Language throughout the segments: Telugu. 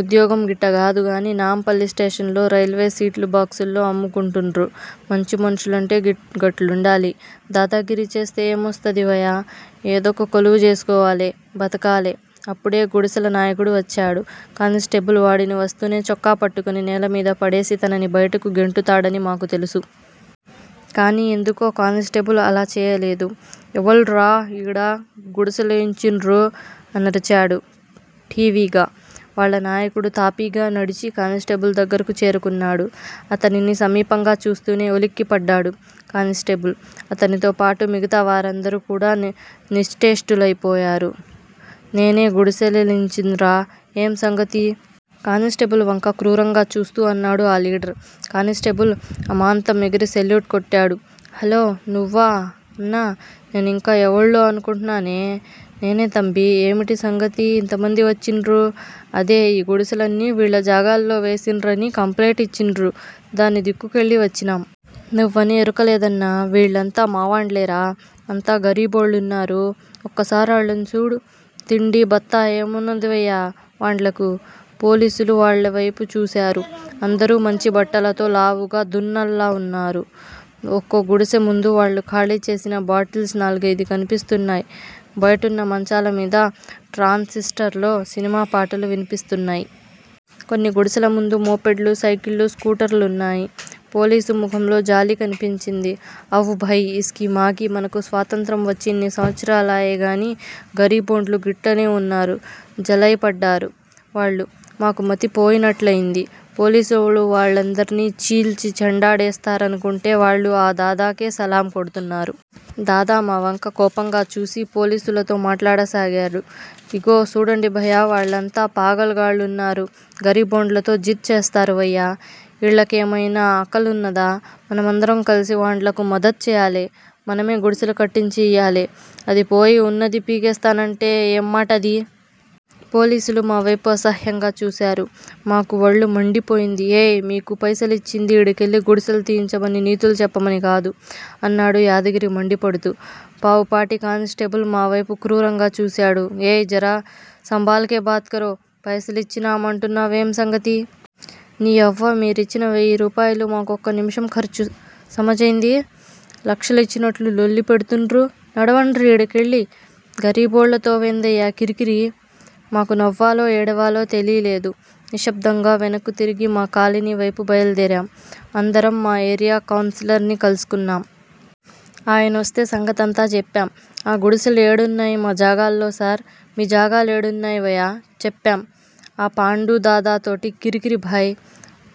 ఉద్యోగం గిట్టా కాదు గానీ నాంపల్లి స్టేషన్ లో రైల్వే సీట్లు బ్లాకులో అమ్ముకుంటున్రు! మంచి మనుషులంటే గట్లుండాలి! దాదాగిరి చేస్తే ఏమొస్తది వయా! ఏదొక కొలువు జేసుకోవాలె! బతకాలె! అప్పుడె గుడిసెల నాయకుడు వచ్చాడు. కానిస్టేబుల్ వాడిని వస్తూనే చొక్కా పట్టుకుని నేలమీద పడేసి తనని బయటకు గెంటుతాడని మాకు తెలుసు. కాని ఎందుకో కానిస్టేబుల్ అలా చేయలేదు. ఎవళ్ళురా ఈడ గుడిసెలేయించిన్రు? అనరిచాడు ఠీవిగా. వాళ్ళ నాయకుడు తాపీగా నడిచి కానిస్టేబుల్ దగ్గరకు చేరుకున్నాడు. అతనిని సమీపంగా చూస్తూనే ఉలిక్కిపడ్డాడు కానిస్టేబుల్ అతనితో పాటు మిగతా వారందరూ కూడా నిశ్చేష్టులయిపోయారు. నేనే గుడిసె లేయించాన్రా! ఏమ్ సంగతి? కానిస్టేబుల్ వంక క్రూరంగా చూస్తూ అన్నాడు ఆ లీడర్. కానిస్టేబుల్ అమాంతం ఎగిరి సెల్యూట్ కొట్టాడు. హలో! నువ్వా అన్నా! నేనింకా ఎవళ్ళో అనుకుంటున్నానే! నేనే తంబీ! ఏమిటి సంగతి ఇంతమంది వచ్చిన్రు? అదే! ఈ గుడిసెలన్నీ వీళ్ళ జాగాల్లో వేసిన్రని కంప్లెయింట్ ఇచ్చిన్రు! దాని దిక్కుకెళ్ళి వచ్చినాం! నువ్వని ఎరుకలేదన్నా వీళ్ళంతా మావాండ్లేరా! అంతా గరీబోళ్ళున్నారు. ఒక్కసారి ఆళ్ళను సూడు! తిండీ, బత్తా ఏమున్నదివయ్యా వాండ్లకు? పోలీసులు వాళ్ళవేపు చూశారు. అందరూ మంచి బట్టలతో లావుగా దున్నల్లాగున్నారు. ఒకో గుడిసె ముందూ వాళ్ళు ఖాళీ చేసిన బాటిల్స్ నాలుగయిదు కనిపిస్తున్నాయ్. బయటున్న మంచాల మీద ట్రాన్సిస్టర్లో సినిమా పాటలు వినిపిస్తున్నాయ్. కొన్ని గుడిసెల ముందు మోపెడ్లు, సైకిళ్ళు, స్కూటర్లు ఉన్నాయి. పోలీసు మొఖంలో జాలి కనిపించింది. అవ్ భయ్! ఇస్కీమాకీ- మనకు స్వతంత్రం వచ్చి ఇన్ని సంవత్సరాలాయెగానీ గరిబోండ్లు గిట్లనే ఉన్నారు జలైపడ్డారు వాళ్ళు. మాకు మతిపోయినట్లయింది. పోలీసులు వాళ్ళందర్నీ చీల్చి చెండాడేస్తారనుకుంటే వాళ్ళు ఆ దాదాకే సలాం కొడుతున్నారు. దాదా మా వంక కోపంగా చూసి పోలీసులతో మాట్లాడ సాగాడు. ఇగో సూడండి భయ్యా! వాళ్ళంతా పాగల్ గాళ్ళున్నారు! గరీబోండ్లతో జిద్ చేస్తారు వయ్యా? ఈళ్ళకేమయినా అకల్ ఉన్నదా? మనమందరం కలిసి వాండ్లకు మదద్ చేయాలె! మనమే గుడిసెలు కట్టించి ఇయ్యాలే! అదిపోయి ఉన్నది పీకేస్తానంటే ఏమ్మాటది? పోలీసులు మావేపు అసహ్యంగా చూశారు. మాకు వళ్ళు మండిపోయింది. ఏయ్! మీకు పైసిలిచ్చింది ఈడకెళ్ళి గుడిసెలు తీయించమని నీతులు చెప్పమని కాదు అన్నాడు యాదగిరి మండిపడుతూ. పావుపాటి కానిస్టేబుల్ మావేపు క్రూరంగా చూశాడు. ఏయ్! జర సంబాల్ కే బాత్ కరో! పైసలిచ్చినం అంటున్నావేం సంగతి? నీయవ్వ మీరిచ్చిన వెయ్యిరూపాయలు మాకు ఒక్క నిముషం ఖర్చు! సమజయింది? లక్షల ఇచ్చినట్లు లొల్లి పెడుతున్రు! నడవండ్రి ఈడకెళ్ళి! గరీబోళ్ల తోటేందివయ్యా కిరికిరి! మాకు నవ్వాలో ఏడవాలో తెలీలేదు. నిశ్శబ్దంగా వెనక్కు తిరిగి మా కాలనీ వేపు బయల్దేరాం. అందరం మా ఏరియా కౌన్సిలర్ ని కలుసుకున్నాం. ఆయన్తో సంగతంతా జెప్పాం. ఆ గుడిసెలు ఏడున్నాయ్? మా జగాల్లో సార్? మీ జగాలేడున్నయ్ వయా? చెప్పాం. ఆ పాండూదాదాతోటి కిరికిరి భాయ్.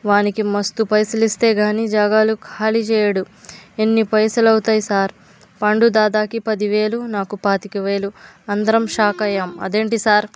వానికి మస్తు పైసలిస్తేగానీ జగాలు ఖాళీ చేయడు ఎన్ని పైసలవుతయ్ సార్? పాండుదాదాకి పదివేలు! నాకు పాతికవేలు! అందరం షాకయ్యాం. అదేంటి సార్!